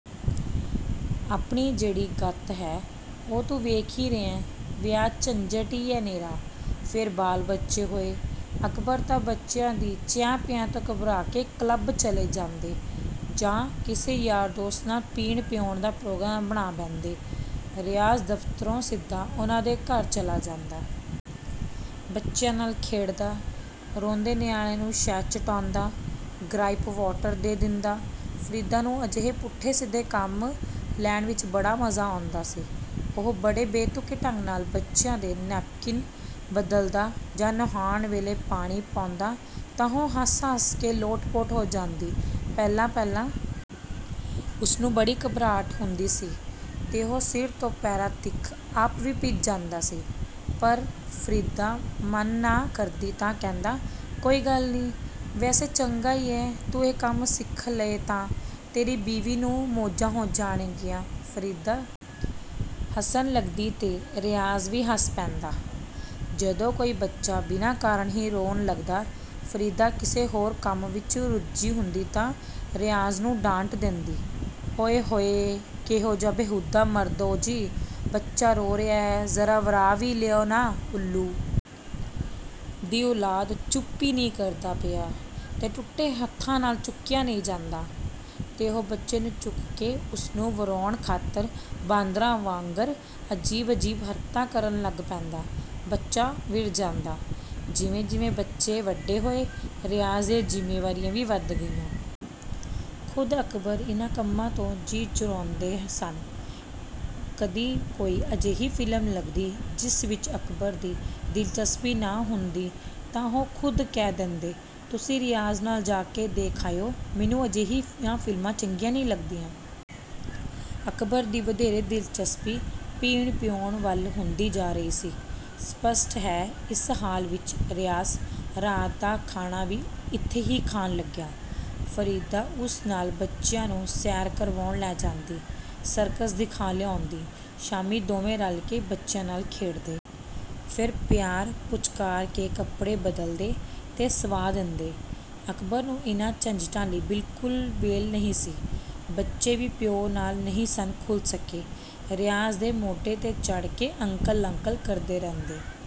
ਆਪਣੀ ਜਿਹੜੀ ਗੱਤ ਹੈ, ਉਹ ਤੂੰ ਵੇਖ ਈ ਰਿਹੈਂ, ਵਿਆਹ ਝੰਜਟ ਈ ਐ ਨਿਰਾ। ਫੇਰ ਬਾਲ-ਬੱਚੇ ਹੋਏ। ਅਕਬਰ ਤਾਂ ਬੱਚਿਆਂ ਦੀ 'ਚਿਆਂ-ਪਿਆਂ' ਤੋਂ ਘਬਰਾ ਕੇ ਕਲੱਬ ਚਲੇ ਜਾਂਦੇ ਜਾਂ ਕਿਸੇ ਯਾਰ ਦੋਸਤ ਨਾਲ ਪੀਣ-ਪਿਆਉਣ ਦਾ ਪ੍ਰੋਗਰਾਮ ਬਣਾ ਬਹਿੰਦੇ, ਰਿਆਜ਼ ਦਫ਼ਤਰੋਂ ਸਿੱਧਾ ਉਹਨਾਂ ਦੇ ਘਰ ਚਲਾ ਜਾਂਦਾ। ਬੱਚਿਆਂ ਨਾਲ ਖੇਡਦਾ, ਰੋਂਦੇ ਨਿਆਣੇ ਨੂੰ ਸ਼ਹਿਦ ਚਟਾਉਂਦਾ, ਗਰਾਈਪ ਵਾਟਰ ਦੇ ਦਿੰਦਾ। ਫਰੀਦਾ ਨੂੰ ਅਜਿਹੇ ਪੁੱਠੇ ਸਿੱਧੇ ਕੰਮ ਲੈਣ ਵਿਚ ਬੜਾ ਮਜ਼ਾ ਆਉਂਦਾ ਸੀ। ਉਹ ਬੜੇ ਬੇਤੁਕੇ ਢੰਗ ਨਾਲ ਬੱਚਿਆਂ ਦੇ ਨੇਪਕਿਨ ਬਦਲਦਾ ਜਾਂ ਨੁਹਾਉਣ ਵੇਲੇ ਪਾਣੀ ਪਾਉਂਦਾ ਤਾਂ ਉਹ ਹੱਸ-ਹੱਸ ਕੇ ਲੋਟਪੋਟ ਹੋ ਜਾਂਦੀ। ਪਹਿਲਾਂ-ਪਹਿਲਾਂ ਉਸਨੂੰ ਬੜੀ ਘਬਰਾਹਟ ਹੁੰਦੀ ਸੀ ਤੇ ਉਹ ਸਿਰ ਤੋਂ ਪੈਰਾਂ ਤੀਕ ਆਪ ਵੀ ਭਿੱਜ ਜਾਂਦਾ ਸੀ, ਪਰ ਫਰੀਦਾ ਮਨ੍ਹਾਂ ਕਰਦੀ ਤਾਂ ਕਹਿੰਦਾ, "ਕੋਈ ਗੱਲ ਨਹੀਂ।" "ਵੈਸੇ ਚੰਗਾ ਈ ਏ, ਤੂੰ ਇਹ ਕੰਮ ਸਿੱਖ ਲਏਂ ਤਾਂ ਤੇਰੀ ਬੀਵੀ ਨੂੰ ਮੌਜਾਂ ਹੋ ਜਾਣਗੀਆਂ।"ਫਰੀਦਾ ਹੱਸਣ ਲੱਗਦੀ ਤੇ ਰਿਆਜ਼ ਵੀ ਹੱਸ ਪੈਂਦਾ। ਕਦੀ ਕੋਈ ਬੱਚਾ ਬਿਨਾਂ ਕਾਰਨ ਹੀ ਰੋਣ ਲੱਗਦਾ, ਫਰੀਦਾ ਕਿਸੇ ਹੋਰ ਕੰਮ ਵਿਚ ਰੁੱਝੀ ਹੁੰਦੀ ਤਾਂ ਰਿਆਜ਼ ਨੂੰ ਡਾਂਟ ਦੇਂਦੀ, "ਓਇ ਹੋਇ ਕੇਹੋਜਾ ਬੇਹੂਦਾ ਮਰਦ ਓ-ਜੀ, ਬੱਚਾ ਰੋ ਰਿਹੈ, ਜ਼ਰਾ ਵਰਾਅ ਵੀ ਲਓ ਨਾ।""ਉੱਲੂ ਦੀ ਔਲਾਦ ਚੁੱਪ ਈ ਨਹੀਂ ਕਰਦਾ ਪਿਆ।" "ਤੇ ਟੁੱਟੇ ਹੱਥਾਂ ਨਾਲ ਚੁੱਕਿਆ ਨਹੀਂ ਜਾਂਦਾ?"ਤੇ ਉਹ ਬੱਚੇ ਨੂੰ ਚੁੱਕ ਕੇ ਉਸਨੂੰ ਵਰਾਉਣ ਖਾਤਰ ਬਾਂਦਰਾਂ ਵਾਂਗਰ ਅਜੀਬ-ਅਜੀਬ ਹਰਕਤਾਂ ਕਰਨ ਲੱਗ ਪੈਂਦਾ, ਬੱਚਾ ਵਿਰ ਜਾਂਦਾ। ਜਿਵੇਂ-ਜਿਵੇਂ ਬੱਚੇ ਵੱਡੇ ਹੋਏ ਰਿਆਜ਼ ਦੀਆਂ ਜ਼ਿੰਮੇਵਾਰੀਆਂ ਵੀ ਵਧ ਗਈਆਂ। ਖ਼ੁਦ ਅਕਬਰ ਇਹਨਾਂ ਕੰਮਾਂ ਤੋਂ ਜੀਅ ਚੁਰਾਉਂਦੇ ਸਨ। ਕਦੀ ਕੋਈ ਅਜਿਹੀ ਫ਼ਿਲਮ ਲੱਗਦੀ, ਜਿਸ ਵਿਚ ਅਕਬਰ ਦੀ ਦਿਲਚਸਪੀ ਨਾ ਹੁੰਦੀ ਤਾਂ ਉਹ ਖ਼ੁਦ ਕਹਿ ਦੇਂਦੇ, "ਤੁਸੀਂ ਰਿਆਜ਼ ਨਾਲ ਜਾ ਕੇ ਦੇਖ ਆਇਓ, ਮੈਨੂੰ ਅਜਿਹੀਆਂ ਫ਼ਿਲਮਾਂ ਚੰਗੀਆਂ ਨਹੀਂ ਲੱਗਦੀਆਂ।" ਅਕਬਰ ਦੀ ਵਧੇਰੇ ਦਿਲਚਸਪੀ ਪੀਣ-ਪਿਆਉਣ ਵੱਲ ਹੁੰਦੀ ਜਾ ਰਹੀ ਸੀ। ਸਪਸ਼ਟ ਹੈ ਇਸ ਹਾਲ ਵਿਚ ਰਿਆਜ਼ ਰਾਤ ਦਾ ਖਾਣਾ ਵੀ ਇੱਥੇ ਹੀ ਖਾਣ ਲੱਗਿਆ। ਫਰੀਦਾ ਉਸ ਨਾਲ ਬੱਚਿਆਂ ਨੂੰ ਸੈਰ ਕਰਵਾਉਣ ਲੈ ਜਾਂਦੀ, ਸਰਕਸ ਦਿਖਾ ਲਿਆਉਂਦੀ, ਸ਼ਾਮੀਂ ਦੋਵੇਂ ਰਲ ਕੇ ਬੱਚਿਆਂ ਨਾਲ ਖੇਡਦੇ। ਫੇਰ ਪਿਆਰ-ਪੁਚਕਾਰ ਕੇ ਕੱਪੜੇ ਬਦਲਦੇ ਤੇ ਸੰਵਾਅ ਦੇਂਦੇ। ਅਕਬਰ ਨੂੰ ਇਹਨਾਂ ਝੰਜਟਾਂ ਲਈ ਬਿਲਕੁਲ ਵਿਹਲ ਨਹੀਂ ਸੀ। ਬੱਚੇ ਵੀ ਪਿਓ ਨਾਲ ਨਹੀਂ ਸਨ ਖੁੱਲ੍ਹ ਸਕੇ। ਰਿਆਜ਼ ਦੇ ਮੋਢੇ 'ਤੇ ਚੱੜ੍ਹ ਕੇ 'ਅੰਕਲ-ਅੰਕਲ' ਕਰਦੇ ਰਹਿੰਦੇ।